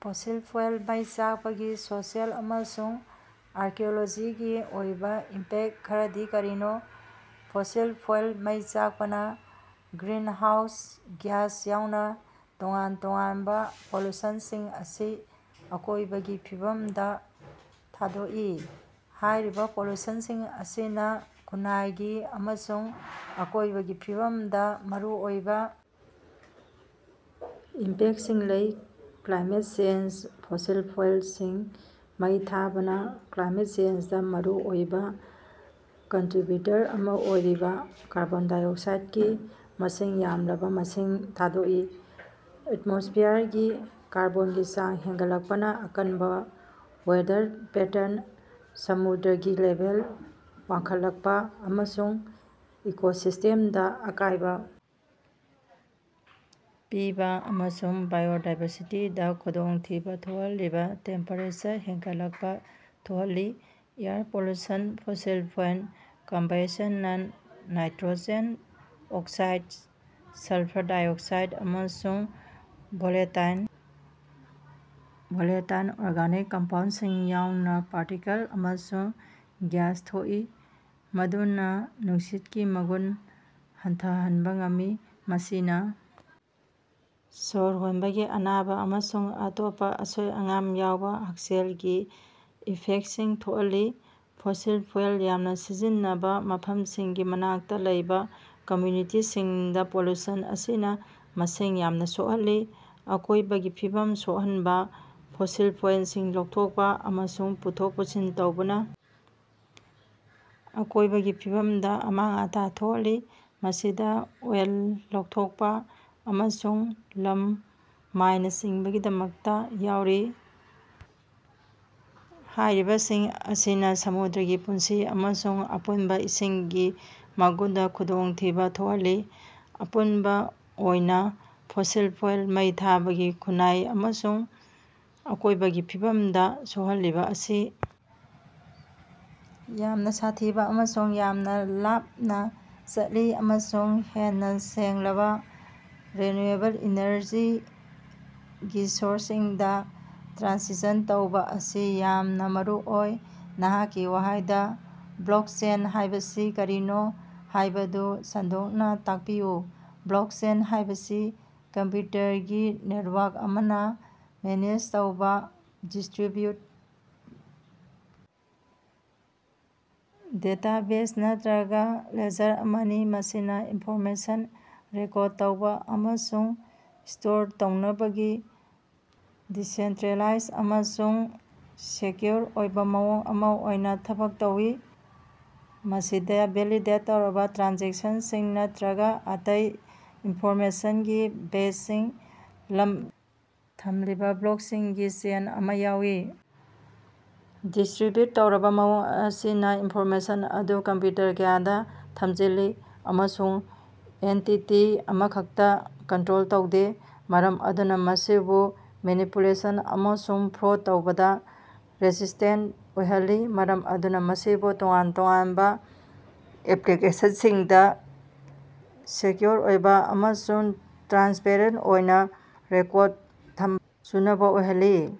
Fossil fuel ꯃꯩ ꯆꯥꯛꯄꯒꯤ social ꯑꯃꯁꯨꯡ ꯑꯥꯔꯀ꯭ꯌꯣꯂꯣꯖꯤꯒꯤ ꯑꯣꯏꯕꯥ ꯏꯝꯄꯦꯛ ꯈꯔꯗꯤ ꯀꯔꯤꯅꯣ? ꯐꯣꯁꯤꯜ ꯐ꯭ꯌꯨꯑꯦꯜ ꯃꯩ ꯆꯥꯛꯄꯅ ꯒ꯭ꯔꯤꯅꯍꯥꯎꯁ ꯒ꯭ꯌꯥꯁ ꯌꯥꯎꯅ ꯇꯣꯉꯥꯟ ꯇꯣꯉꯥꯟꯕ ꯄꯣꯂꯨꯁꯟꯁꯤꯡ ꯑꯁꯤ ꯑꯀꯣꯏꯕꯒꯤ ꯐꯤꯕꯝꯗ ꯊꯥꯗꯣꯛꯏ꯫ ꯍꯥꯏꯔꯤꯕ ꯄꯣꯂꯨꯁꯟꯁꯤꯡ ꯑꯁꯤꯅ ꯈꯨꯟꯅꯥꯏꯒꯤ ꯑꯃꯁꯨꯡ ꯑꯀꯣꯏꯕꯒꯤ ꯐꯤꯕꯝꯗ ꯃꯔꯨꯑꯣꯏꯕ ꯏꯝꯄꯦꯛꯇꯁꯤꯡ ꯂꯩ꯫ ꯀ꯭ꯂꯥꯏꯃꯦꯠ ꯆꯦꯟꯖ: ꯐꯣꯁꯤꯜ ꯐ꯭ꯌꯨꯑꯦꯜꯁꯤꯡ ꯃꯩ ꯊꯥꯕꯅ ꯀ꯭ꯂꯥꯏꯃꯦꯠ ꯆꯦꯟꯖꯗ ꯃꯔꯨꯑꯣꯏꯕ ꯀꯟꯇꯔꯤꯕ꯭ꯌꯨꯇꯔ ꯑꯃꯥ ꯑꯣꯏꯔꯤꯕꯥ ꯀꯥꯔꯕꯣꯟ ꯗꯥꯏꯑꯣꯛꯁꯥꯏꯗꯀꯤ ꯃꯁꯤꯡ ꯌꯥꯝꯂꯕ ꯃꯁꯤꯡ ꯊꯥꯗꯣꯛꯏ꯫ ꯑꯦꯠꯃꯣꯁ꯭ꯐꯤꯌꯔꯒꯤ ꯀꯥꯔꯕꯣꯟꯒꯤ ꯆꯥꯡ ꯍꯦꯟꯒꯠꯂꯛꯄꯅ ꯑꯀꯟꯕ ꯋꯦꯗꯔ ꯄꯦꯇ꯭ꯔꯟ, ꯁꯃꯨꯗ꯭ꯔꯒꯤ ꯂꯦꯚꯦꯜ ꯋꯥꯡꯈꯠꯂꯛꯄ ꯑꯃꯁꯨꯡ ꯏꯀꯣꯁꯤꯁ꯭ꯇꯦꯝꯗ ꯑꯀꯥꯏꯕ ꯄꯤꯕ ꯑꯃꯁꯨꯡ ꯕꯥꯏꯑꯣꯗꯥꯏꯕꯔꯁꯤꯇꯤꯗ ꯈꯨꯗꯣꯡꯊꯤꯕ ꯊꯣꯛꯍꯜꯂꯤꯕ ꯇꯦꯝꯄꯦꯔꯦꯆꯔ ꯍꯦꯟꯒꯠꯂꯛꯄ ꯊꯣꯛꯍꯜꯂꯤ꯫ ꯑꯦꯌꯔ ꯄꯣꯂꯨꯁꯟ: ꯐꯣꯁꯤꯜ ꯐ꯭ꯌꯨꯑꯦꯜ ꯀꯝꯕ꯭ꯌꯨꯁꯟꯅ ꯅꯥꯏꯠꯇ꯭ꯔꯣꯖꯦꯟ ꯑꯣꯛꯁꯥꯏꯗ, ꯁꯜꯐ꯭ꯔ ꯗꯥꯏꯑꯣꯛꯁꯥꯏꯗ, ꯑꯃꯁꯨꯡ ꯕꯣꯂꯦꯇꯥꯏꯜ ꯕꯣꯂꯦꯇꯥꯏꯜ ꯑꯣꯔꯒꯥꯅꯤꯛ ꯀꯝꯄꯥꯎꯟꯗꯁꯤꯡ ꯌꯥꯎꯅ ꯄꯥꯔꯇꯤꯀꯜ ꯑꯃꯁꯨꯡ ꯒ꯭ꯌꯥꯁ ꯄꯨꯊꯣꯛꯏ ꯫ ꯃꯗꯨꯅ ꯅꯨꯡꯁꯤꯠꯀꯤ ꯃꯒꯨꯟ ꯍꯟꯊꯍꯟꯕꯥ ꯉꯝꯃꯤ꯫ ꯃꯁꯤꯅ ꯁꯣꯔ ꯍꯣꯟꯕꯒꯤ ꯑꯅꯥꯕ ꯑꯃꯁꯨꯡ ꯑꯇꯣꯞꯄ ꯑꯁꯣꯏ-ꯑꯉꯥꯝ ꯌꯥꯎꯕ ꯍꯛꯁꯦꯜꯒꯤ ꯏꯐꯦꯛꯇꯁꯤꯡ ꯊꯣꯛꯍꯜꯂꯤ꯫ ꯐꯣꯁꯤꯜ ꯐ꯭ꯌꯨꯑꯦꯜ ꯌꯥꯝꯅ ꯁꯤꯖꯤꯟꯅꯕ ꯃꯐꯝꯁꯤꯡꯒꯤ ꯃꯅꯥꯛꯇꯥ ꯂꯩꯕ ꯀꯝꯌꯨꯅꯤꯇꯤꯁꯤꯡꯗꯥ ꯄꯣꯂꯨꯁꯟ ꯑꯁꯤꯅꯥ ꯃꯁꯤꯡ ꯌꯥꯝꯅ ꯁꯣꯛꯍꯜꯂꯤ꯫ ꯑꯀꯣꯏꯕꯒꯤ ꯐꯤꯕꯝ ꯁꯣꯛꯍꯟꯕꯥ: ꯐꯣꯁꯤꯜ ꯐ꯭ꯌꯨꯑꯦꯂꯁꯤꯡ ꯂꯧꯊꯣꯛꯄ ꯑꯃꯁꯨꯡ ꯄꯨꯊꯣꯛ ꯄꯨꯁꯤꯟ ꯇꯧꯕꯅ ꯑꯀꯣꯏꯕꯒꯤ ꯐꯤꯕꯝꯗ ꯑꯃꯥꯡ-ꯑꯇꯥ ꯊꯣꯛꯍꯜꯂꯤ꯫ ꯃꯁꯤꯗ ꯑꯣꯏꯜ ꯊꯥꯗꯣꯛꯄ ꯑꯃꯁꯨꯡ ꯂꯝ ꯃꯥꯏꯅꯤꯡꯒꯤꯗꯃꯛꯇ ꯌꯥꯎꯔꯤ꯫ ꯍꯥꯏꯔꯤꯕꯁꯤꯡ ꯑꯁꯤꯅ ꯁꯃꯨꯗ꯭ꯔꯒꯤ ꯄꯨꯟꯁꯤ ꯑꯃꯁꯨꯡ ꯑꯄꯨꯟꯕ ꯏꯁꯤꯡꯒꯤ ꯃꯒꯨꯟꯗ ꯈꯨꯗꯣꯡꯊꯤꯕ ꯊꯣꯛꯍꯜꯂꯤ꯫ ꯑꯄꯨꯟꯕ ꯑꯣꯏꯅ ꯐꯣꯁꯤꯜ ꯐ꯭ꯌꯨꯑꯦꯜ ꯃꯩ ꯊꯥꯕꯒꯤ ꯈꯨꯟꯅꯥꯏ ꯑꯃꯁꯨꯡ ꯑꯀꯣꯏꯕꯒꯤ ꯐꯤꯕꯝꯗ ꯁꯣꯛꯍꯜꯂꯤꯕ ꯑꯁꯤ ꯌꯥꯝꯅ ꯁꯥꯊꯤꯕ ꯑꯃꯁꯨꯡ ꯌꯥꯝꯅ ꯂꯥꯞꯅ ꯆꯠꯂꯤ ꯑꯃꯁꯨꯡ ꯍꯦꯟꯅ ꯁꯦꯡꯂꯕ ꯔꯤꯟꯌꯨꯑꯦꯕꯜ ꯏꯅꯔꯖꯤꯒꯤ ꯁꯣꯔꯁꯁꯤꯡꯗ ꯇ꯭ꯔꯥꯟꯁꯤꯁꯟ ꯇꯧꯕ ꯑꯁꯤ ꯌꯥꯝꯅ ꯃꯔꯨꯑꯣꯏ꯫ ꯅꯍꯥꯛꯀꯤ ꯋꯥꯍꯩꯗ ꯕ꯭ꯂꯣꯀꯆꯦꯟ ꯍꯥꯏꯕꯁꯤ ꯀꯔꯤꯅꯣ ꯍꯥꯏꯕꯗꯨ ꯁꯟꯗꯣꯛꯅ ꯇꯥꯛꯄꯤꯌꯨ꯫ ꯕ꯭ꯂꯣꯀꯆꯦꯟ ꯍꯥꯏꯕꯁꯤ ꯀꯝꯄ꯭ꯌꯨꯇꯔꯒꯤ ꯅꯦꯇꯋꯥꯔꯛ ꯑꯃꯅ ꯃꯦꯅꯦꯖ ꯇꯧꯕ ꯗꯤꯁ꯭ꯇꯔꯤꯕ꯭ꯌꯨꯠ ꯗꯦꯇꯥꯕꯦꯖ ꯅꯠꯇ꯭ꯔꯒ ꯂꯦꯖꯔ ꯑꯃꯅꯤ꯫ ꯃꯁꯤꯅ ꯏꯟꯐꯣꯔꯃꯦꯁꯟ ꯔꯦꯀꯣꯔꯗ ꯇꯧꯕ ꯑꯃꯁꯨꯡ ꯁ꯭ꯇꯣꯔ ꯇꯧꯅꯕꯒꯤ ꯗꯤꯁꯦꯟꯇ꯭ꯔꯦꯂꯥꯏꯖ ꯑꯃꯁꯨꯡ ꯁꯦꯛꯌꯨꯑꯣꯔ ꯑꯣꯏꯕ ꯃꯑꯣꯡ ꯑꯃ ꯑꯣꯏꯅ ꯊꯕꯛ ꯇꯧꯏ꯫ ꯃꯁꯤꯗ ꯚꯦꯂꯤꯗꯦꯠ ꯇꯧꯔꯕ ꯇ꯭ꯔꯥꯟꯖꯦꯛꯁꯟꯁꯤꯡ ꯅꯠꯇ꯭ꯔꯒ ꯑꯇꯩ ꯏꯟꯐꯣꯔꯃꯦꯁꯟꯒꯤ ꯕꯦꯆꯁꯤꯡ ꯂꯝ ꯊꯝꯂꯤꯕ ꯕ꯭ꯂꯣꯛꯁꯤꯡꯒꯤ ꯆꯦꯟ ꯑꯃ ꯌꯥꯎꯏ꯫ ꯗꯤꯁ꯭ꯇꯔꯤꯕ꯭ꯌꯨꯠ ꯇꯧꯔꯕ ꯃꯑꯣꯡ ꯑꯁꯤꯅ ꯏꯟꯐꯣꯔꯃꯦꯁꯟ ꯑꯗꯨ ꯀꯝꯞꯌꯨꯇꯔ ꯀꯌꯥꯗ ꯊꯝꯖꯤꯜꯂꯤ꯫ ꯑꯃꯁꯨꯡ ꯑꯦꯟꯇꯤꯇꯤ ꯑꯃꯈꯛꯇꯅ ꯀꯟꯇ꯭ꯔꯣꯜ ꯇꯧꯗꯦ꯫ ꯃꯔꯝ ꯑꯗꯨꯅ ꯃꯁꯤꯕꯨ ꯃꯦꯅꯤꯄꯨꯂꯦꯁꯟ ꯑꯃꯁꯨꯡ ꯐ꯭ꯔꯣꯗ ꯇꯧꯕꯗ ꯔꯦꯁꯤꯁ꯭ꯇꯦꯟꯇ ꯑꯣꯏꯍꯜꯂꯤ꯫ ꯃꯔꯝ ꯑꯗꯨꯅ ꯃꯁꯤꯕꯨ ꯇꯣꯉꯥꯟ-ꯇꯣꯉꯥꯟꯕ ꯑꯦꯞꯂꯤꯀꯦꯁꯟꯁꯤꯡꯗ ꯁꯦꯛꯌꯨꯑꯣꯔ ꯑꯣꯏꯕꯥ ꯑꯃꯁꯨꯡ ꯇ꯭ꯔꯥꯟꯁꯄꯔꯦꯟꯇ ꯑꯣꯏꯅ ꯔꯦꯀꯣꯔꯗ ꯊꯝ ꯆꯨꯟꯅꯕ ꯑꯣꯏꯍꯜꯂꯤ꯫